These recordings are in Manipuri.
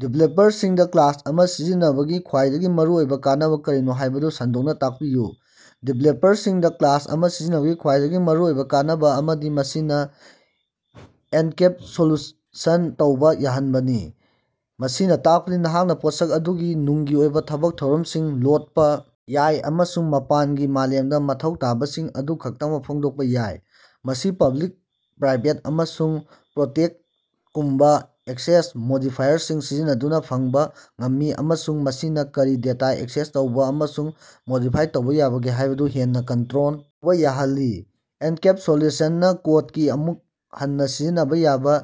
ꯗꯤꯕꯦꯂꯞꯄꯔꯁꯤꯡꯗ ꯀ꯭ꯂꯥꯁ ꯑꯃ ꯁꯤꯖꯤꯟꯅꯕꯒꯤ ꯈ꯭ꯋꯥꯏꯗꯒꯤ ꯃꯔꯨꯑꯣꯏꯕ ꯀꯥꯟꯅꯕ ꯀꯔꯤꯅꯣ ꯍꯥꯏꯕꯗꯨ ꯁꯟꯗꯣꯛꯅ ꯇꯥꯛꯄꯤꯌꯨ? ꯗꯤꯕꯦꯂꯞꯄꯔꯁꯤꯡꯗ ꯀ꯭ꯂꯥꯁ ꯑꯃ ꯁꯤꯖꯤꯟꯅꯕꯒꯤ ꯈ꯭ꯋꯥꯏꯗꯒꯤ ꯃꯔꯨꯑꯣꯏꯕ ꯀꯥꯟꯅꯕ ꯑꯃꯗꯤ ꯃꯁꯤꯅ ꯑꯦꯟꯀꯦꯞꯁꯨꯂꯦꯁꯟ ꯇꯧꯕ ꯌꯥꯍꯟꯕꯅꯤ꯫ ꯃꯁꯤꯅ ꯇꯥꯛꯄꯗꯤ ꯅꯍꯥꯛꯅ ꯄꯣꯠꯁꯛ ꯑꯗꯨꯒꯤ ꯅꯨꯡꯒꯤ ꯑꯣꯏꯕ ꯊꯕꯛ ꯊꯧꯔꯝꯁꯤꯡ ꯂꯣꯠꯄ ꯌꯥꯏ ꯑꯃꯁꯨꯡ ꯃꯄꯥꯟꯒꯤ ꯃꯥꯂꯦꯝꯗ ꯃꯊꯧ ꯇꯥꯕꯁꯤꯡ ꯑꯗꯨ ꯈꯛꯇꯃꯛ ꯐꯣꯡꯗꯣꯛꯄ ꯌꯥꯏ꯫ ꯃꯁꯤ ꯄꯕ꯭ꯂꯤꯛ, ꯄ꯭ꯔꯥꯏꯚꯦꯠ ꯑꯃꯁꯨꯡ ꯄ꯭ꯔꯣꯇꯦꯛꯇꯦꯗꯒꯨꯝꯕ ꯑꯦꯛꯁꯦꯁ ꯃꯣꯗꯤꯐꯥꯏꯌꯔꯁꯤꯡ ꯁꯤꯖꯤꯟꯅꯗꯨꯅ ꯐꯪꯕ ꯉꯝꯃꯤ ꯑꯃꯁꯨꯡ ꯃꯁꯤꯅ ꯀꯔꯤ ꯗꯦꯇꯥ ꯑꯦꯛꯁꯦꯁ ꯇꯧꯕꯥ ꯑꯃꯁꯨꯡ ꯃꯣꯗꯤꯐꯥꯏ ꯇꯧꯕꯥ ꯌꯥꯕꯒꯦ ꯍꯥꯏꯕꯗꯨ ꯍꯦꯟꯅ ꯀꯟꯇ꯭ꯔꯣꯜ ꯇꯧꯕ ꯌꯥꯍꯜꯂꯤ꯫ ꯑꯦꯟꯀꯦꯞꯁꯨꯂꯦꯁꯟꯅ ꯀꯣꯗꯀꯤ ꯑꯃꯨꯛ ꯍꯟꯅꯥ ꯁꯤꯖꯤꯟꯅꯕ ꯌꯥꯕ,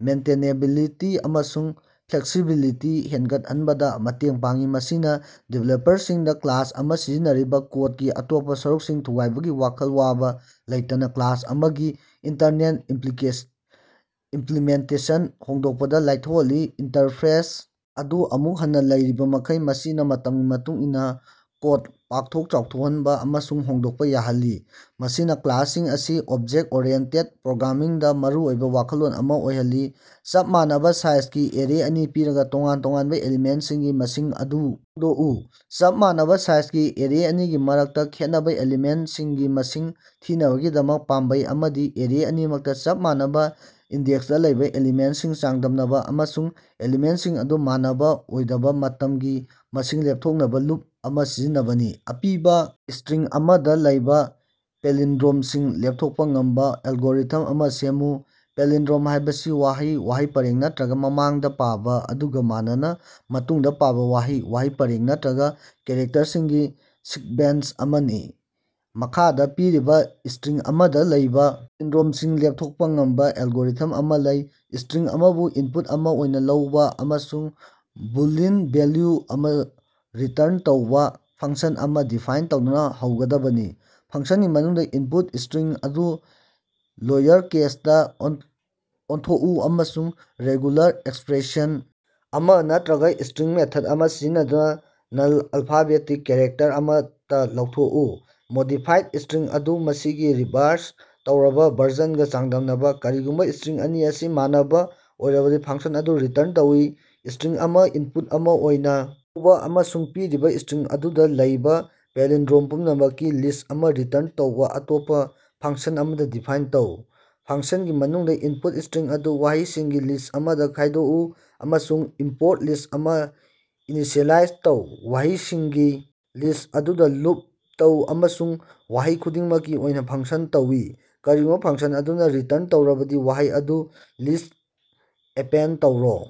ꯃꯦꯟꯇꯦꯅꯦꯕꯤꯂꯤꯇꯤ ꯑꯃꯁꯨꯡ ꯐ꯭ꯂꯦꯛꯁꯤꯕꯤꯂꯤꯇꯤ ꯍꯦꯟꯒꯠꯍꯟꯕꯗ ꯃꯇꯦꯡ ꯄꯥꯡꯏ꯫ ꯃꯁꯤꯅ ꯗꯤꯕꯦꯂꯄꯔꯁꯤꯡꯗꯥ ꯀ꯭ꯂꯥꯁ ꯑꯃꯥ ꯁꯤꯖꯤꯟꯅꯔꯤꯕ ꯀꯣꯗꯀꯤ ꯑꯇꯣꯞꯄꯥ ꯁꯔꯨꯛꯁꯤꯡ ꯊꯨꯒꯥꯏꯕꯒꯤ ꯋꯥꯈꯜ ꯋꯥꯕ ꯂꯩꯇꯅ ꯀ꯭ꯂꯥꯁ ꯑꯃꯒꯤ ꯏꯟꯇꯔꯅꯦꯜ ꯏꯝꯄ꯭ꯂꯤꯃꯦꯟꯇꯦꯁꯟ ꯍꯣꯡꯗꯣꯛꯄꯗ ꯂꯥꯏꯊꯣꯛꯍꯜꯂꯤ, ꯏꯟꯇꯔꯐꯦꯁ ꯑꯗꯨ ꯑꯃꯨꯛ ꯍꯟꯅ ꯂꯩꯔꯤꯕꯃꯈꯩ꯫ ꯃꯁꯤꯅ ꯃꯇꯝꯒꯤ ꯃꯇꯨꯡ ꯏꯟꯅ ꯀꯣꯗ ꯄꯥꯛꯊꯣꯛ ꯆꯥꯎꯊꯣꯛꯍꯟꯕ ꯑꯃꯁꯨꯡ ꯍꯣꯡꯗꯣꯛꯄ ꯌꯥꯍꯜꯂꯤ, ꯃꯁꯤꯅꯥ ꯀ꯭ꯂꯥꯁꯁꯤꯡ ꯑꯁꯤ ꯑꯣꯕꯖꯦꯛꯇ-ꯑꯣꯔꯤꯑꯦꯟꯇꯦꯗ ꯄ꯭ꯔꯣꯒ꯭ꯔꯥꯃꯤꯡꯗꯥ ꯃꯔꯨꯑꯣꯏꯕ ꯋꯥꯈꯜꯂꯣꯟ ꯑꯃ ꯑꯣꯏꯍꯜꯂꯤ꯫ ꯆꯞ ꯃꯥꯟꯅꯕꯥ ꯁꯥꯏꯖꯒꯤ ꯑꯦꯔꯦ ꯑꯅꯤ ꯄꯤꯔꯒ, ꯇꯣꯉꯥꯟ-ꯇꯣꯉꯥꯟꯕ ꯑꯦꯂꯤꯃꯦꯟꯇꯁꯤꯡꯒꯤ ꯃꯁꯤꯡ ꯑꯗꯨ ꯈꯪꯗꯣꯛꯎ꯫ ꯆꯞ ꯃꯥꯟꯅꯕ ꯁꯥꯏꯖꯒꯤ ꯑꯦꯔꯦ ꯑꯅꯤꯒꯤ ꯃꯔꯛꯇꯥ ꯈꯦꯠꯅꯕ ꯑꯦꯂꯤꯃꯦꯟꯇꯁꯤꯡꯒꯤ ꯃꯁꯤꯡ ꯊꯤꯅꯕꯒꯤꯗꯃꯛ, ꯄꯥꯝꯕꯩ ꯑꯃꯗꯤ ꯑꯦꯔꯦ ꯑꯅꯤꯃꯛꯇ ꯆꯞ ꯃꯥꯟꯅꯕ ꯏꯟꯗꯦꯛꯁꯇ ꯂꯩꯕ ꯑꯦꯂꯤꯃꯦꯟꯇꯁꯤꯡ ꯆꯥꯡꯗꯝꯅꯕ ꯑꯃꯁꯨꯡ ꯑꯦꯂꯤꯃꯦꯟꯇꯁꯤꯡ ꯑꯗꯨ ꯃꯥꯟꯅꯕ ꯑꯣꯏꯗꯕ ꯃꯇꯝꯒꯤ ꯃꯁꯤꯡ ꯂꯦꯞꯊꯣꯛꯅꯕ ꯂꯨꯞ ꯑꯃ ꯁꯤꯖꯤꯟꯅꯕꯅꯤ꯫ ꯑꯄꯤꯕ ꯏꯁꯇ꯭ꯔꯤꯡ ꯑꯃꯗ ꯂꯩꯕ ꯄꯦꯂꯤꯟꯗ꯭ꯔꯣꯝꯁꯤꯡ ꯂꯦꯞꯊꯣꯛꯄ ꯉꯝꯕ ꯑꯦꯜꯒꯣꯔꯤꯊꯝ ꯑꯃ ꯁꯦꯝꯃꯨ꯫ ꯄꯥꯂꯤꯟꯗ꯭ꯔꯣꯝ ꯍꯥꯏꯕꯁꯤ ꯋꯥꯍꯩ, ꯋꯥꯍꯩ ꯄꯔꯦꯡ ꯅꯠꯇ꯭ꯔꯒ ꯃꯃꯥꯡꯗ ꯄꯥꯕ ꯑꯗꯨꯒ ꯃꯥꯟꯅꯅ ꯃꯇꯨꯡꯗ ꯄꯥꯕ ꯋꯥꯍꯩ, ꯋꯥꯍꯩ ꯄꯔꯦꯡ ꯅꯠꯇ꯭ꯔꯒ ꯀꯦꯔꯦꯛꯇꯔꯁꯤꯡꯒꯤ ꯁꯤꯛꯕꯦꯟꯁ ꯑꯃꯅꯤ꯫ ꯃꯈꯥꯗ ꯄꯤꯔꯤꯕ ꯏꯁꯇ꯭ꯔꯤꯡ ꯑꯃꯗ ꯂꯩꯕ ꯄꯦꯂꯤꯟꯗ꯭ꯔꯣꯝꯁꯤꯡ ꯂꯦꯞꯊꯣꯛꯄ ꯉꯝꯕ ꯑꯦꯜꯒꯣꯔꯤꯊꯝ ꯑꯃ ꯂꯩ: ꯏꯁꯇ꯭ꯔꯤꯡ ꯑꯃꯕꯨ ꯏꯟꯄꯨꯠ ꯑꯃ ꯑꯣꯏꯅ ꯂꯧꯕ ꯑꯃꯁꯨꯡ ꯕꯨꯂꯤꯌꯟ ꯚꯦꯜꯌꯨ ꯑꯃ ꯔꯤꯇꯔꯟ ꯇꯧꯕ ꯐꯪꯁꯟ ꯑꯃ ꯗꯤꯐꯥꯏꯟ ꯇꯧꯗꯨꯅ ꯍꯧꯒꯗꯕꯅꯤ꯫ ꯐꯪꯁꯟꯒꯤ ꯃꯅꯨꯡꯗ, ꯏꯟꯄꯨꯠ ꯁ꯭ꯠꯔꯤꯡ ꯑꯗꯨ ꯂꯣꯌꯔꯀꯦꯁꯇꯥ ꯑꯣꯟꯊꯣꯛꯎ ꯑꯃꯁꯨꯡ ꯔꯦꯒꯨꯂꯥꯔ ꯑꯦꯛꯁꯄ꯭ꯔꯦꯁꯟ ꯑꯃ ꯅꯠꯇ꯭ꯔꯒ ꯏꯁꯇ꯭ꯔꯤꯡ ꯃꯦꯊꯠ ꯑꯃ ꯁꯤꯖꯤꯟꯅꯗꯨꯅ ꯅꯟ-ꯑꯜꯐꯥꯕꯦꯇꯤꯛ ꯀꯦꯔꯦꯛꯇꯔ ꯑꯃꯠꯇ ꯂꯧꯊꯣꯛꯎ꯫ ꯃꯣꯗꯤꯐꯥꯏꯗ ꯏꯁꯇ꯭ꯔꯤꯡ ꯑꯗꯨ ꯃꯁꯤꯒꯤ ꯔꯤꯚꯥꯔꯁ ꯇꯧꯔꯕ ꯚꯔꯖꯟꯒ ꯆꯥꯡꯗꯝꯅꯕ꯫ ꯀꯔꯤꯒꯨꯝꯕ ꯏꯁꯇ꯭ꯔꯤꯡ ꯑꯅꯤ ꯑꯁꯤ ꯃꯥꯟꯅꯕ ꯑꯣꯏꯔꯕꯗꯤ, ꯐꯪꯁꯟ ꯑꯗꯨ ꯔꯤꯇꯔꯟ ꯇꯧꯏ꯫ ꯏꯁꯇ꯭ꯔꯤꯡ ꯑꯃ ꯏꯟꯄꯨꯠ ꯑꯃ ꯑꯣꯏꯅ ꯂꯧꯕ ꯑꯃꯁꯨꯡ ꯄꯤꯔꯤꯕ ꯏꯁꯇ꯭ꯔꯤꯡ ꯑꯗꯨꯗꯥ ꯂꯩꯕꯥ ꯄꯥꯂꯤꯟꯗ꯭ꯔꯣꯝ ꯄꯨꯝꯅꯃꯛꯀꯤ ꯂꯤꯁ꯭ꯠ ꯑꯃ ꯔꯤꯇꯔꯟ ꯇꯧꯕ ꯑꯇꯣꯞꯄ ꯐꯪꯁꯟ ꯑꯃ ꯗꯤꯐꯥꯏꯟ ꯇꯧ꯫ ꯐꯪꯁꯟꯒꯤ ꯃꯅꯨꯡꯗ, ꯏꯟꯄꯨꯠ ꯏꯁꯇ꯭ꯔꯤꯡ ꯑꯗꯨ ꯋꯥꯍꯩꯁꯤꯡꯒꯤ ꯂꯤꯁ ꯑꯃꯗ ꯈꯥꯏꯗꯣꯛꯎ, ꯑꯃꯁꯨꯡ ꯏꯝꯄꯣꯔꯠ ꯂꯤꯁ ꯑꯃ ꯏꯅꯤꯁꯤꯑꯦꯂꯥꯏꯖ ꯇꯧ꯫ ꯋꯥꯍꯩꯁꯤꯡꯒꯤ ꯂꯤꯁ꯭ꯠ ꯑꯗꯨꯗ ꯂꯨꯞ ꯇꯧ, ꯑꯃꯁꯨꯡ ꯋꯥꯍꯩ ꯈꯨꯗꯤꯡꯃꯛꯀꯤ ꯑꯣꯏꯅ ꯐꯪꯁꯟ ꯇꯧꯏ꯫ ꯀꯔꯤꯒꯨꯝꯕ ꯐꯪꯁꯟ ꯑꯗꯨꯅ ꯔꯤꯇꯔꯟ ꯇꯧꯔꯕꯗꯤ, ꯋꯥꯍꯩ ꯑꯗꯨ ꯂꯤꯁꯇ ꯑꯦꯄꯦꯟꯗ ꯇꯧꯔꯣ꯫